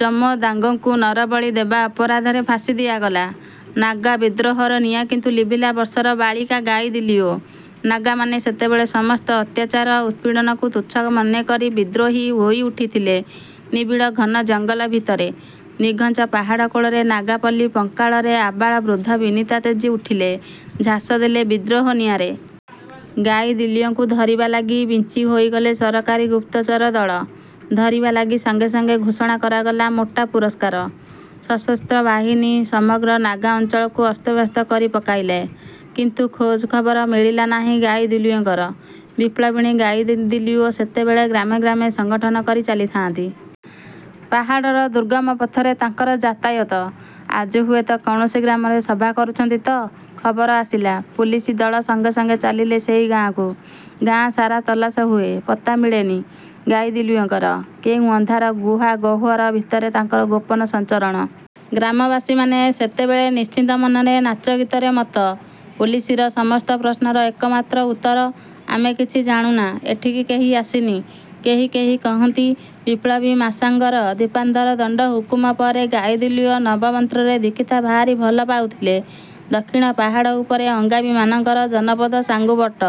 ଜମୋଦାଙ୍ଗଙ୍କୁ ନରବଳି ଦେବା ଅପରାଧରେ ଫାଶି ଦିଆଗଲା। ନାଗା ବିଦ୍ରୋହର ନିଆଁ କିନ୍ତୁ ଲିଭିଲା ବର୍ଷର ବାଳିକା ଗାଇଦିଲିଓ-। ନାଗାମାନେ ସେତେବେଳେ ସମସ୍ତ ଅତ୍ୟାଚାର, ଉତ୍ପୀଡ଼ନକୁ ତୁଚ୍ଛ ମନେକରି ବିଦ୍ରୋହୀ ହୋଇଉଠିଥିଲେ। ନିବିଡ଼ ଘନ ଜଙ୍ଗଲ ଭିତରେ, ନିଘଞ୍ଚ ପାହାଡ଼କୋଳରେ, ନାଗା ପଲ୍ଲୀ ପଙ୍କାଳରେ ଆବାଳ-ବୃଦ୍ଧ-ବିନିତା ତେଜି ଉଠିଲେ, ଝାସ ଦେଲେ ବିଦ୍ରୋହ-ନିଆଁରେ-। ଗାଇଦିଲିଓଙ୍କୁ ଧରିବା ଲାଗି ବିଞ୍ଚି ହୋଇଗଲେ ସରକାରୀ ଗୁପ୍ତଚର ଦଳ, ଧରିବା ଲାଗି ସଙ୍ଗେ ସଙ୍ଗେ ଘୋଷଣା କରାଗଲା ମୋଟା ପୁରସ୍କାର। ସଶସ୍ତ୍ରବାହିନୀ ସମଗ୍ର ନାଗା ଅଞ୍ଚଳକୁ ଅସ୍ତବ୍ୟସ୍ତ କରି ପକାଇଲେ। କିନ୍ତୁ ଖୋଜଖବର ମିଳିଲା ନାହିଁ ଗାଇଦିଲିଓଙ୍କର। ବିପ୍ଳବିଣୀ ଗାଇଦିଲିଓ ସେତେବେଳେ ଗ୍ରାମେ ଗ୍ରାମେ ସଙ୍ଗଠନ କରି ଚାଲିଥାଆନ୍ତି। ପାହାଡ଼ର ଦୁର୍ଗମ ପଥରେ ତାଙ୍କର ଯାତାୟାତ। ଆଜି ହୁଏତ କୌଣସି ଗ୍ରାମରେ ସଭା କରୁଛନ୍ତି ତ, ଖବର ଆସିଲା, ପୁଲିସ ଦଳ ସଙ୍ଗେ ସଙ୍ଗେ ଚାଲିଲେ ସେଇ ଗାଁକୁ। ଗାଁ ସାରା ତଲାସ ହୁଏ, ପତ୍ତା ମିଳେନି ଗାଇଦିଲିଓଙ୍କର-। କେଉଁ ଅନ୍ଧାର ଗୁହାଗହ୍ୱର ଭିତରେ ତାଙ୍କର ଗୋପନ ସଞ୍ଚରଣ। ଗ୍ରାମବାସୀମାନେ ସେତେବେଳେ ନିଶ୍ଚିନ୍ତ ମନରେ ନାଚଗୀତରେ ମତ୍ତ। ପୁଲିସର ସମସ୍ତ ପ୍ରଶ୍ନର ଏକମାତ୍ର ଉତ୍ତର-ଆମେ କିଛି ଜାଣୁନା, ଏଠିକି କେହି ଆସିନି। କେହି କେହି କହନ୍ତି–ବିପ୍ଳବୀ ମାଶାଙ୍ଗର ଦ୍ୱୀପାନ୍ତର ଦଣ୍ତ ହୁକୁମ ପରେ ଗାଇଦିଲିଓ ନବମନ୍ତ୍ରରେ ଦୀକ୍ଷିତା ଭାରି ଭଲ ପାଉଥିଲେ। ଦକ୍ଷିଣ ପାହାଡ଼ ଉପରେ ଅଙ୍ଗାମୀମାନଙ୍କର ଜନପଦ–ସାଙ୍ଗୁବଟ।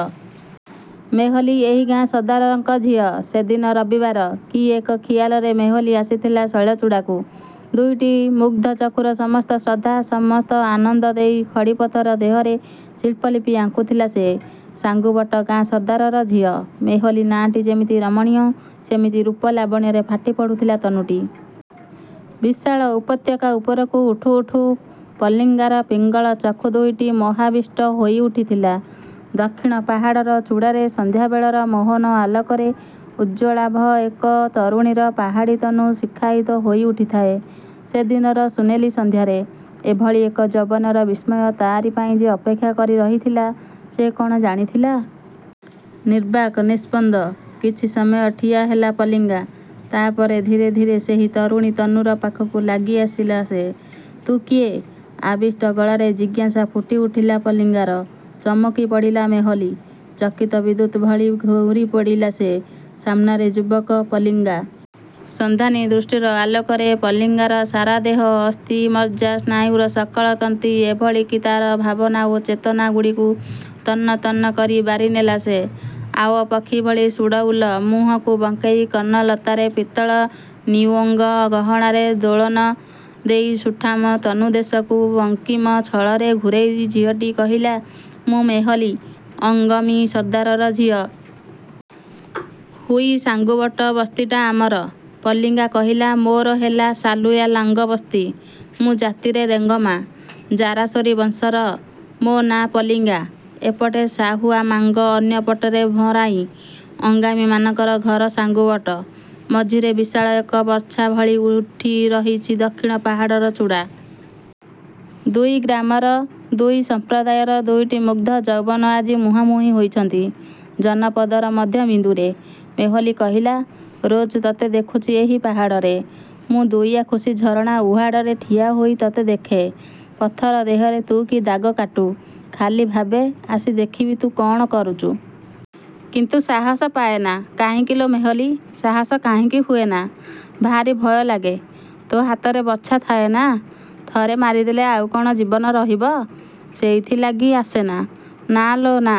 ମେହଲୀ ଏହି ଗାଁ ସର୍ଦ୍ଦାରଙ୍କ ଝିଅ। ସେଦିନ ରବିବାର। କି ଏକ ଖିଆଲରେ ମେହଲୀ ଆସିଥିଲା ଶୈଳଚୂଡ଼ାକୁ। ଦୁଇଟି ମୁଗ୍ଧ ଚକ୍ଷୁର ସମସ୍ତ ଶ୍ରଦ୍ଧା, ସମସ୍ତ ଆନନ୍ଦ ଦେଇ ଖଡ଼ିପଥର ଦେହରେ ଶିଳ୍ପଲିପି ଆଙ୍କୁଥିଲା ସେ–ସାଙ୍ଗୁବଟ ଗାଁ ସର୍ଦ୍ଦାରର ଝିଅ। ମେହଲୀ ନାଁଟି ଯେମିତି ରମଣୀୟ, ସେମିତି ରୂପ-ଲାବଣ୍ୟରେ ଫାଟି ପଡ଼ୁଥିଲା ତନୁଟି। ବିଶାଳ ଉପତ୍ୟକା ଉପରକୁ ଉଠୁ ଉଠୁ ପଲିଙ୍ଗାର ପିଙ୍ଗଳ ଚକ୍ଷୁ ଦୁଇଟି ମୋହାବିଷ୍ଟ ହୋଇଉଠିଥିଲା। ଦକ୍ଷିଣ ପାହାଡ଼ର ଚୁଡ଼ାରେ ସନ୍ଧ୍ୟାବେଳର ମୋହନ ଆଲୋକରେ ଉଜ୍ଜ୍ୱଳାଭ ଏକ ତରୁଣୀର ପାହାଡ଼ୀ ତନୁ ଶିଖାୟିତ ହୋଇଉଠିଥାଏ ସେଦିନର ସୁନେଲି ସନ୍ଧ୍ୟାରେ। ଏଭଳି ଏକ ଯୌବନର ବିସ୍ମୟ ତାରି ପାଇଁ ଯେ ଅପେକ୍ଷା କରି ରହିଥିଲା ସେ କ'ଣ ଜାଣିଥିଲା? ନିର୍ବାକ୍, ନିସ୍ପନ୍ଦ। କିଛି ସମୟ ଠିଆ ହେଲା ପଲିଙ୍ଗା। ତାପରେ ଧୀରେ ଧୀରେ ସେହି ତରୁଣୀ ତନୁର ପାଖକୁ ଲାଗିଆସିଲା ସେ। ତୁ କିଏ? ଆବିଷ୍ଟ ଗଳାରେ ଜିଜ୍ଞାସା ଫୁଟିଉଠିଲା ପଲିଙ୍ଗାର। ଚମକି ପଡ଼ିଲା ମେହଲୀ। ଚକିତ ବିଦ୍ୟୁତ୍ ଭଳି ଘୁରିପଡ଼ିଲା ସେ। ସାମନାରେ ଯୁବକ ପଲିଙ୍ଗା। ସନ୍ଧାନୀ ଦୃଷ୍ଟିର ଆଲୋକରେ ପଲିଙ୍ଗାର ସାରା ଦେହ, ଅସ୍ଥି, ମଜ୍ଜା, ସ୍ନାୟୁର ସକଳ ତନ୍ତ୍ରୀ ଏଭଳି କି ତାର ଭାବନା ଓ ଚେତନା ଗୁଡ଼ିକୁ ତନ୍ନ ତନ୍ନ କରି ବାରିନେଲା ସେ। ଆଓ ପକ୍ଷୀ ଭଳି ସୁଡ଼ଉଲ। ମୁହଁକୁ ବଙ୍କେଇ କର୍ଣ୍ଣଲତାରେ ପିତ୍ତଳ ନିୟୋଙ୍ଗ୍ ଗହଣାର ଦୋଳନ ଦେଇ ସୁଠାମ ତନୁଦେଶକୁ ବଙ୍କିମ ଛଳରେ ଘୂରେଇ ଝିଅଟି କହିଲା–ମୁଁ ମେହଲୀ, ଅଙ୍ଗମୀ ସର୍ଦ୍ଦାରର ଝିଅ। ହୁଇ ସାଙ୍ଗୁବଟ ବସ୍ତିଟା ଆମର। ପଲିଙ୍ଗା କହିଲା–ମୋର ହେଲା ସାଲୁୟାଲାଙ୍ଗ ବସ୍ତି। ମୁଁ ଜାତିରେ ରେଙ୍ଗମା। ଜାରାସୋରି ବଂଶର। ମୋ ନାଁ ପଲିଙ୍ଗା। ଏ ପଟେ ସାହୁଆମାଙ୍ଗ, ଅନ୍ୟ ପଟରେ ଭଁରାଇ ଅଙ୍ଗାମୀମାନଙ୍କର ଘର ସାଙ୍ଗୁବଟ। ମଝିରେ ବିଶାଳ ଏକ ବର୍ଚ୍ଛା ଭଳି ଉଠି ରହିଛି ଦକ୍ଷିଣ ପାହାଡ଼ର ଚୁଡ଼ା। ଦୁଇ ଗ୍ରାମର, ଦୁଇ ସମ୍ପ୍ରଦାୟର ଦୁଇଟି ମୁଗ୍ଧ ଯୌବନ ଆଜି ମୁହାଁମୁହିଁ ହୋଇଛନ୍ତି ଜନପଦର ମଧ୍ୟବିନ୍ଦୁରେ। ମେହଲୀ କହିଲା–ରୋଜ ତତେ ଦେଖୁଚି ଏହି ପାହାଡ଼ରେ। ମୁଁ ଦୁଇଆଖୁସି ଝରଣା, ଉହାଡ଼ରେ ଠିଆହୋଇ ତତେ ଦେଖେ। ପଥର ଦେହରେ ତୁ କି ଦାଗ କାଟୁ, ଖାଲି ଭାବେ, ଆସି ଦେଖିବି ତୁ କ'ଣ କରୁଚୁ? କିନ୍ତୁ ସାହସ ପାଏନା। –କାହିଁକି ଲୋ ମେହଲୀ! ସାହସ କାହିଁକି ହୁଏନା? –ଭାରି ଭୟ ଲାଗେ। ତୋ ହାତରେ ବର୍ଚ୍ଛ। ଥାଏନା! ଥରେ ମାରିଦେଲେ ଆଉ କ'ଣ ଜୀବନ ରହିବ? ସେଇଥିଲାଗି ଆସେନା। –ନା ଲୋ ନା,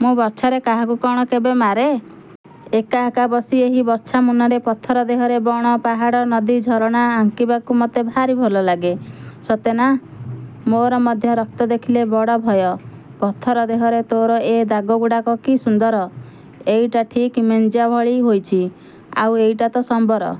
ମୁଁ ବର୍ଚ୍ଛାରେ କାହାକୁ କ'ଣ କେବେ ମାରେ? ଏକା ଏକା ବସି ଏହି ବର୍ଚ୍ଛା ମୁନରେ, ପଥର ଦେହରେ ବଣ, ପାହାଡ଼, ନଦୀ, ଝରଣା ଆଙ୍କିବାକୁ ମତେ ଭାରି ଭଲ ଲାଗେ-। –ସତେ ନା! ମୋର ମଧ୍ୟ ରକ୍ତ ଦେଖିଲେ ବଡ଼ ଭୟ। ପଥର ଦେହରେ ତୋର ଏ ଦାଗଗୁଡ଼ାକ କି ସୁନ୍ଦର! ଏଇଟା ଠିକ୍ ମେନ୍ଜା ଭଳି ହୋଇଛି, ଆଉ ଏଇଟା ତ ସମ୍ବର।